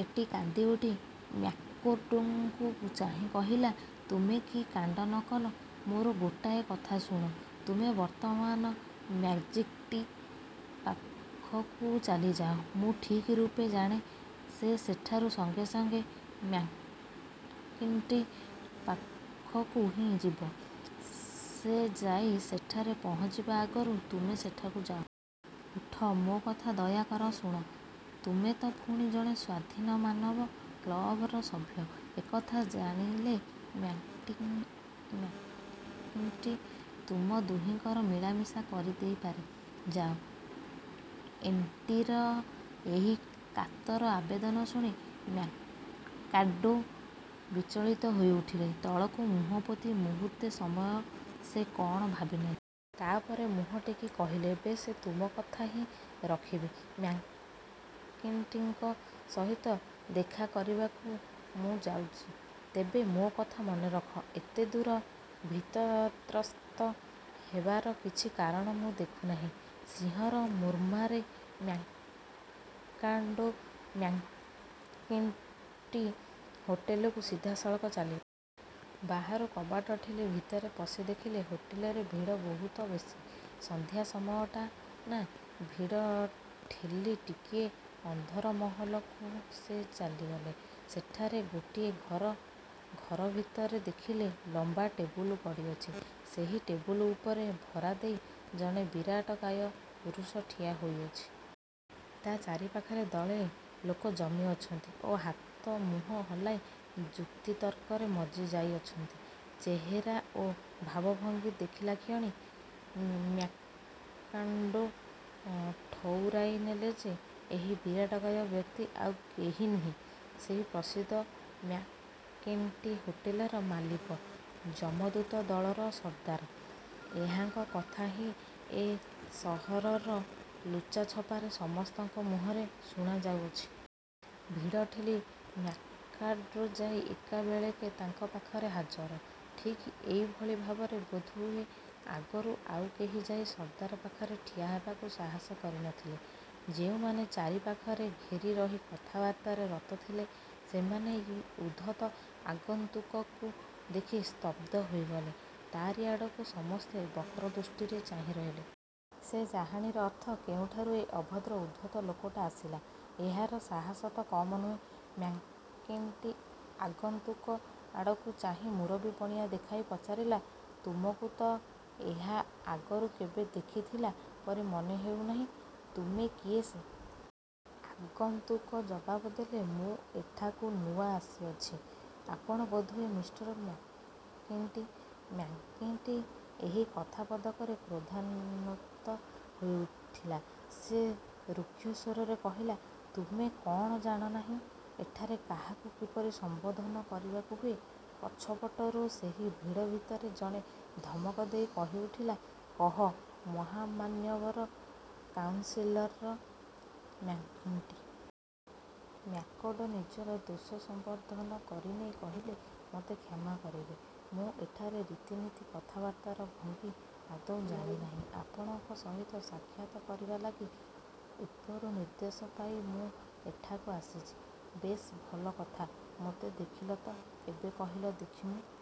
ଏଟ୍ଟି କାନ୍ଦିଉଠି ମ୍ୟାକ୍ମାର୍ଡ଼ୋଙ୍କୁ ଚାହିଁ କହିଲା, ''ତୁମେ କି କାଣ୍ଡ ନ କଲ! ମୋର ଗୋଟାଏ କଥା ଶୁଣ, ତୁମେ ବର୍ତ୍ତମାନ ମ୍ୟାକ୍ଜିଣ୍ଟି ପାଖକୁ ଚାଲିଯାଅ। ମୁଁ ଠିକ୍ ରୂପେ ଜାଣେ, ସେ ଏଠାରୁ ସଙ୍ଗେସଙ୍ଗେ ମ୍ୟାକ୍ଜିଣ୍ଟି ପାଖକୁ ହିଁ ଯିବ। ସେ ଯାଇ ସେଠାରେ ପହଞ୍ଚିବା ଆଗରୁ ତୁମେ ସେଠାକୁ ଯାଅ। ଉଠ, ମୋ କଥା ଦୟାକର ଶୁଣ। ତୁମେ ତ ପୁଣି ଜଣେ ସ୍ୱାଧୀନମାନବ କ୍ଳବର ସଭ୍ୟ। ଏକଥା ଜାଣିଲେ ମ୍ୟାକ୍ଜିଣ୍ଟି ତୁମ ଦୁହିଁଙ୍କର ମିଳାମିଶା କରିଦେଇପାରେ, ଯାଅ। '' ଏଟ୍ଟିର ଏହି କାତର ଆବେଦନ ଶୁଣି ମ୍ୟାକ୍ମାର୍ଡ଼ୋ ବିଚଳିତ ହୋଇ ଉଠିଲେ। ତଳକୁ ମୁହଁ ପୋତି ମୁହୂର୍ତ୍ତେ ସମୟ ସେ କଅଣ ଭାବିନେଲେ। ତା ପରେ ମୁହଁ ଟେକି କହିଲେ, ''ବେଶ୍, ତୁମ କଥା ହିଁ ରଖିବି। ମ୍ୟାକ୍ଜିଣ୍ଟିଙ୍କ ସହିତ ଦେଖା କରିବାକୁ ମୁଁ ଯାଉଚି।। ତେବେ ମୋ କଥା ମନେରଖ। ଏତେଦୂର ଭୀତତ୍ରସ୍ତ ହେବାର କିଛି କାରଣ ମୁଁ ଦେଖୁ ନାହିଁ। '' ସିଂହର ମୁମ୍ଫାରେ ମ୍ୟାକ୍ମାର୍ଡ଼ୋ ମ୍ୟାକ୍ଜିଣ୍ଟି ହୋଟେଲକୁ ସିଧାସଳଖ ଚାଲିଗଲେ। ବାହାରୁ କବାଟ ଠେଲି ଭିତରେ ପଶି ଦେଖିଲେ, ହୋଟେଲରେ ଭିଡ଼ ବହୁତ ବେଶୀ। ସନ୍ଧ୍ୟା ସମୟଟା ନା। ଭିଡ଼ ଠେଲି ଟିକିଏ ଅନ୍ଦର ମହଲକୁ ସେ ଚାଲିଗଲେ। ସେଠାରେ ଗୋଟିଏ ଘର ଘରଭିତରେ ଦେଖିଲେ, ଲମ୍ବା ଟେବୁଲ ପଡ଼ିଅଛି। ସେହି ଟେବୁଲ ଉପରେ ଭରାଦେଇ ଜଣେ ବିରାଟକାୟ ପୁରୁଷ ଠିଆ ହୋଇଅଛି। ତା ଚାରିପାଖରେ ଦଳେ ଲୋକ ଜମିଅଛନ୍ତି ଓ ହାତ, ମୁହଁ ହଲାଇ ଯୁକ୍ତିତର୍କରେ ମଜ୍ଜି ଯାଇଅଛନ୍ତି। ଚେହେରା ଓ ଭାବଭଙ୍ଗୀ ଦେଖିଲାକ୍ଷଣି ମ୍ୟାକ୍ମାର୍ଡ଼ୋ ଠଉରାଇନେଲେ ଯେ, ଏହି ବିରାଟକାୟ ବ୍ୟକ୍ତି ଆଉ କେହି ନୁହେଁ, ସେହି ପ୍ରସିଦ୍ଧ ମ୍ୟାକ୍ଜିଣ୍ଟି–ହୋଟେଲର ମାଲିକ, 'ଯମଦୂତ ଦଳ'ର ସର୍ଦ୍ଦାର। ଏହାଙ୍କ କଥା ହିଁ ଏ ସହରର ଲୁଚା ଛପାରେ ସମସ୍ତଙ୍କ ମୁହଁରେ ଶୁଣାଯାଉଅଛି। ଭିଡ଼ ଠେଲି ମ୍ୟାକ୍ମାର୍ଡ଼ୋ ଯାଇ ଏକାବେଳକେ ତାଙ୍କ ପାଖରେ ହାଜର। ଠିକ୍ ଏଇଭଳି ଭାବରେ ବୋଧହୁଏ ଆଗରୁ ଆଉ କେହି ଯାଇ ସର୍ଦ୍ଦାର ପାଖରେ ଠିଆହେବାକୁ ସାହସ କରି ନ ଥିଲେ। ଯେଉଁମାନେ ଚାରିପାଖରେ ଘେରି ରହି କଥାବାର୍ତ୍ତାରେ ରତ ଥିଲେ; ସେମାନେ ଏହି ଉଦ୍ଧତ ଆଗନ୍ତୁକକୁ ଦେଖି ସ୍ତବ୍ଧ ହୋଇଗଲେ; ତାରି ଆଡ଼କୁ ସମସ୍ତେ ବକ୍ରଦୃଷ୍ଟିରେ ଚାହିଁରହିଲେ। ସେ ଚାହାଣୀର ଅର୍ଥ–କେଉଁଠାରୁ ଏ ଅଭଦ୍ର ଉଦ୍ଧତ ଲୋକଟା ଆସିଲା? ଏହାର ସାହସ ତ କମ୍ ନୁହେଁ! ମ୍ୟାକ୍ଜିଣ୍ଟି ଆଗନ୍ତୁକ ଆଡ଼କୁ ଚାହିଁ ମୁରବିପଣିଆ ଦେଖାଇ ପଚାରିଲା, ''ତୁମକୁ ତ ଏହା ଆଗରୁ କେବେ ଦେଖିଥିଲା ପରି ମନେ ହେଉ ନାହିଁ। ତୁମେ କିଏ ସେ? '' ଆଗନ୍ତୁକ ଜବାବ ଦେଲେ, ''ମୁଁ ଏଠାକୁ ନୂଆ ଆସିଅଛି। ଆପଣ ବୋଧହୁଏ ମିଷ୍ଟର ମ୍ୟାକ୍ଜିଣ୍ଟି। '' ମ୍ୟାକ୍ଜିଣ୍ଟି ଏହି କଥାପଦକରେ କ୍ରୋଧାନ୍ମତ୍ତ ହୋଇଉଠିଲା। ସେ ରୁକ୍ଷସ୍ୱରରେ କହିଲା, ''ତୁମେ କଅଣ ଜାଣ ନାହିଁ ଏଠାରେ କାହାକୁ କିପରି ସମ୍ବୋଧନ କରିବାକୁ ହୁଏ! '' ପଛପଟରୁ ସେହି ଭିଡ଼ ଭିତରେ ଜଣେ ଧମକ ଦେଇ କହିଉଠିଲା, ''କହ, ମହାମାନ୍ୟବର କାଉନ୍ସିଲର ମ୍ୟାକ୍ଜିଣ୍ଟି। '' ମ୍ୟାକ୍ମାର୍ଡ଼ୋ ନିଜର ଦୋଷ ସଂଶୋଧନ କରିନେଇ କହିଲେ, ''ମୋତେ କ୍ଷମା କରିବେ-। ମୁଁ ଏଠାରେ ରୀତିନୀତି, କଥାବାର୍ତ୍ତାର ଭଙ୍ଗୀ ଆଦୌ ଜାଣି ନାହିଁ। ଆପଣଙ୍କ ସହିତ ସାକ୍ଷାତ କରିବା ଲାଗି ଉପରୁ ନିର୍ଦ୍ଦେଶ ପାଇ ମୁଁ ଏଠାକୁ ଆସିଛି। '' ''ବେଶ୍ ଭଲ କଥା, ମୋତେ ଦେଖିଲ ତ। ଏବେ କହିଲ ଦେଖି ମୁଁ